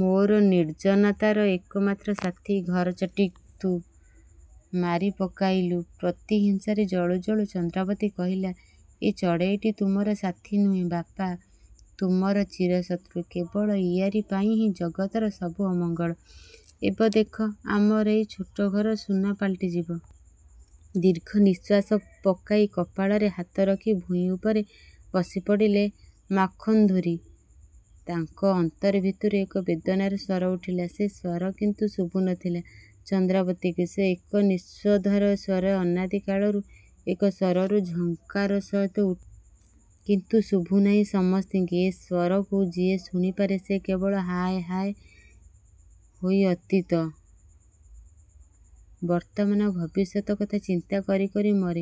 ମୋର ନିର୍ଜନତାର ଏକମାତ୍ର ସାଥୀ ଘରଚଟୀଟିକୁ ମାରି ପକାଇଲୁ? ପ୍ରତିହିଂସାରେ ଜଳୁ ଜଳୁ ଚନ୍ଦ୍ରାବତୀ କହିଲା "ଏ ଚଢେଇଟି ତୁମର ସାଥୀ ନୁହେଁ ବାପାତୁମର ଚିର ଶତ୍ରୁ"। କେବଳ ଇଆରି ପାଇଁ ହିଁ ଜଗତର ସବୁ ଅମଙ୍ଗଳ। ଏବେ ଦେଖ ଆମର ଏଇ ଛୋଟ ଘର ସୁନା ପାଲଟି ଯିବ। ଦୀର୍ଘ ନିଃଶ୍ୱାସ ପକାଇ କପାଳରେ ହାତ ରଖି ଭୂଇଁ ଉପରେ ବସି ପଡ଼ିଲେ ମାଖନଚୌଧୁରୀ। ତାଙ୍କ ଅନ୍ତର ଭିତରୁ ଏକ ବେଦନାର ସ୍ୱର ଉଠିଲା। ସେ ସ୍ୱର କିନ୍ତୁ ଶୁଭୁ ନ ଥିଲା ଚନ୍ଦ୍ରାବତୀକୁ। ସେ ଏକ ନିଃଶବ୍ଦସ୍ୱର। ଅନାଦି କାଳରୁ ଏ ସ୍ୱରରୁ ଝଙ୍କାର ଉଠୁଛି। କିନ୍ତୁ ଶୁଭୁନାହିଁ ସମସ୍ତିଙ୍କି। ଏ ସ୍ୱରକୁ ଯିଏ ଶୁଣିପାରେ ସେ କେବଳ ହାୟ ହାୟ ହୋଇ ଅତୀତ, ବର୍ତ୍ତମାନ ଆଉ ଭବିଷ୍ୟତ କଥା ଚିନ୍ତା କରି କରି ମରେ।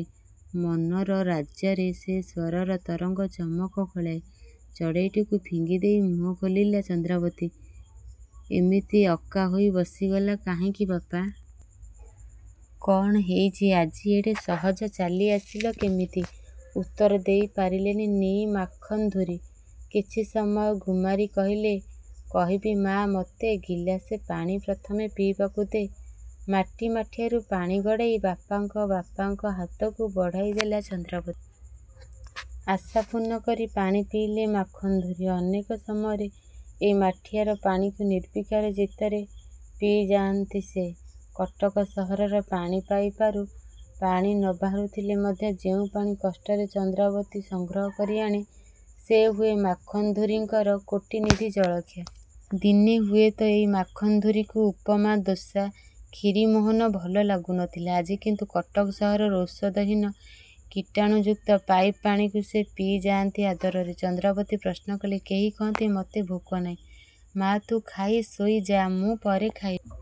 ମନର ରାଜ୍ୟରେ ସେ ସ୍ୱରର ତରଙ୍ଗ ଚମକ ଖେଳାଏ। ଚଢ଼େଇଟିକୁ ଫିଙ୍ଗିଦେଇ ମୁହଁ ଖୋଲିଲା ଚନ୍ଦ୍ରାବତି ଏମିତି ଅକ୍କା ହୋଇ ବସିଗଲ କାହିଁକି ବାପା? କ'ଣ ହେଇଛି? ଆଜି ଏଡ଼େ ସହଜ ଚାଲି ଆସିଲ କେମିତି? ଉତ୍ତର ଦେଇ ପାରିଲେ ନି ମାଖନଚୌଧୁରୀ। କିଛି ସମୟ ଗୁମମାରି କହିଲେ କହିବି ମା ମୋତେ ଗିଲାସେ ପାଣି ପ୍ରଥମେ ପିଇବାକୁ ଦେ। ମାଟି ମାଠିଆରୁ ପାଣି ଗଡ଼ାଇ ବାପାଙ୍କ ବାପାଙ୍କ ହାତକୁ ବଢ଼ାଇ ଦେଲା ଚନ୍ଦ୍ରାବତୀ। ଆଶାପୂର୍ଣ୍ଣ କରି ପାଣି ପିଇଲେ ମାଖନଚୌଧୁରୀ। ଅନେକ ସମୟରେ ଏ ମାଠିଆର ପାଣିକୁ ନିର୍ବିକାର ଚିତ୍ତରେ ପିଇଯାଆନ୍ତି ସେ। କଟକ ସହରର ପାଣି ପାଇପାରୁ ପାଣି ନ ବାହାରୁଥିଲେ ମଧ୍ୟ ଯେଉଁ ପାଣି କଷ୍ଟରେ ଚନ୍ଦ୍ରାବତୀ ସଂଗ୍ରହ କରି ଆଣେ ସେ ହୁଏ ମାଖନଚୌଧୁରୀଙ୍କର କୋଟିନିଧି ଜଳଖିଆ। ଦିନେ ହୁଏତ ଏଇ ମାଖନଚୌଧୁରୀଙ୍କୁ ଉପମା ଦୋସା ଖିରିମୋହନ ଭଲ ଲାଗୁ ନ ଥିଲା। ଆଜି କିନ୍ତୁ କଟକ ସହରର ଔଷଧହୀନ କୀଟାଣୁଯୁକ୍ତ ପାଇପ୍ ପାଣିକୁ ସେ ପିଇ ଯାଆନ୍ତି ଆଦରରେ। ଚନ୍ଦ୍ରାବତୀ ପ୍ରଶ୍ନକଲେ ସେ କହନ୍ତି ମୋତେ ଭୋକ ନାହିଁ ମା ତୁ ଖାଇ ଶୋଇ ଯା ମୁଁ ପରେ ଖାଇବି।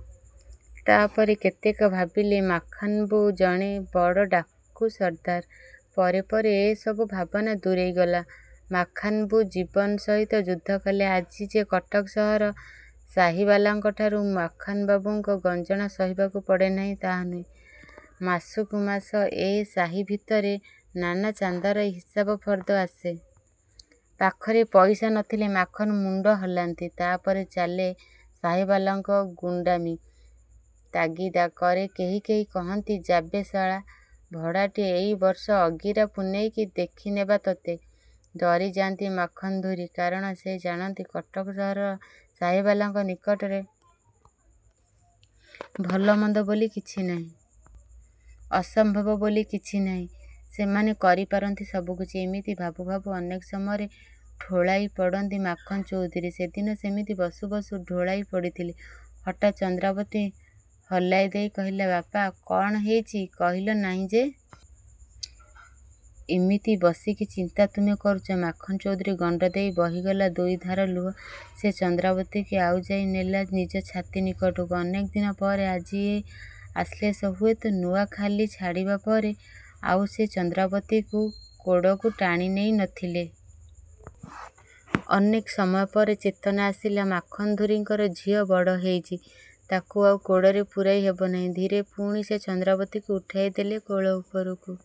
ତା'ପରେ କେତେକ ଭାବିଲେ ମାଖନବାବୁ ଜଣେ ବଡ଼ ଡାକୁ ସର୍ଦ୍ଦାର। ପରେ ପରେ ଏ ସବୁ ଭାବନା ଦୂରେଇ ଗଲା। ମାଖନବାବୁ ଜୀବନ ସହିତ ଯୁଦ୍ଧ କଲେ। ଆଜି ଯେ କଟକ ସହରର ସାହୀବାଲାଙ୍କଠାରୁ ମାଖନବାବୁଙ୍କ ଗଞ୍ଜଣା ସହିବାକୁ ପଡ଼େ ନାହିଁ ତାହା ନୁହେଁ। ମାସକୁ ମାସ ଏ ସାହୀ ଭିତରେ ନାନା ଚାନ୍ଦାର ହିସାବ ଫର୍ଦ୍ଦ ଆସେ। ପାଖରେ ପଇସା ନ ଥିଲେ ମାଖନ୍ ମୁଣ୍ଡ ହଲାନ୍ତି। ତା'ପରେ ଚାଲେ ସାହୀବାଲାଙ୍କ ଗୁଣ୍ତାମୀ। ତାଗିଦା କରି କେହି କେହି କହନ୍ତି ଯାବେ ଶଳା ଭଡ଼ାଟିଆ ଏଇ ବର୍ଷ ଅଗିରା ପୂନେଇକି ଦେଖିନେବା ତୋତେ। ଡରିଯାଆନ୍ତି ମାଖନଚୌଧୁରୀ। କାରଣ ସେ ଜାଣନ୍ତି କଟକ ସହରର ସାହୀବାଲାଙ୍କ ନିକଟରେ ଭଲ ମନ୍ଦ ବୋଲି କିଛି ନାହିଁ। ଅସମ୍ଭବ ବୋଲି କିଛି ନାହିଁ। ସେମାନେ କରି ପାରନ୍ତି ସବୁକିଛି। ଏମିତି ଭାବୁ ଭାବୁ ଅନେକ ସମୟରେ ଢୋଳାଇ ପଡ଼ନ୍ତି ମାଖନ ଚୌଧୁରୀ। ସେଦିନ ସେମିତି ବସୁ ବସୁ ଢୋଳାଇ ପଡ଼ୁଥିଲେ। ହଠାତ୍ ଚନ୍ଦ୍ରାବତୀ ହଲାଇ ଦେଇ କହିଲା ବାପା !କ'ଣ ହେଇଛି କହିଲା ନାହିଁ ଯେ? ଏମିତି ବସି କି ଚିନ୍ତା ତୁମେ କରୁଛ? ମାଖନ ଚୌଧୁରୀ ଗଣ୍ଡଦେଇ ବହିଗଲା ଦୁଇଧାରା ଲୁହ। ସେ ଚନ୍ଦ୍ରାବତୀକୁ ଆଉଜାଇ ନେଲେ ନିଜ ଛାତି ନିକଟକୁ। ଅନେକ ଦିନ ପରେ ଆଜି ଏ ଆଶ୍ଲେଷ। ହୁଏତ ନୂଆଖାଲି ଛାଡ଼ିବା ପରେ ଆଉ ସେ ଚନ୍ଦ୍ରାବତୀକୁ କୋଡ଼କୁ ଟାଣିନେଇ ନ ଥିଲେ। ଅନେକ ସମୟ ପରେ ଚେତନା ଆସିଲା ମାଖନଧୁରୀଙ୍କର। ଝିଅ ବଡ଼ ହେଇଛି। ତାକୁ ଆଉ କୋଡ଼ରେ ପୂରାଇ ହେବନାହିଁ। ଧୀରେ ପୁଣି ସେ ଚନ୍ଦ୍ରାବତୀକୁ ଉଠାଇ ଦେଲେ କୋଳ ଉପରୁ।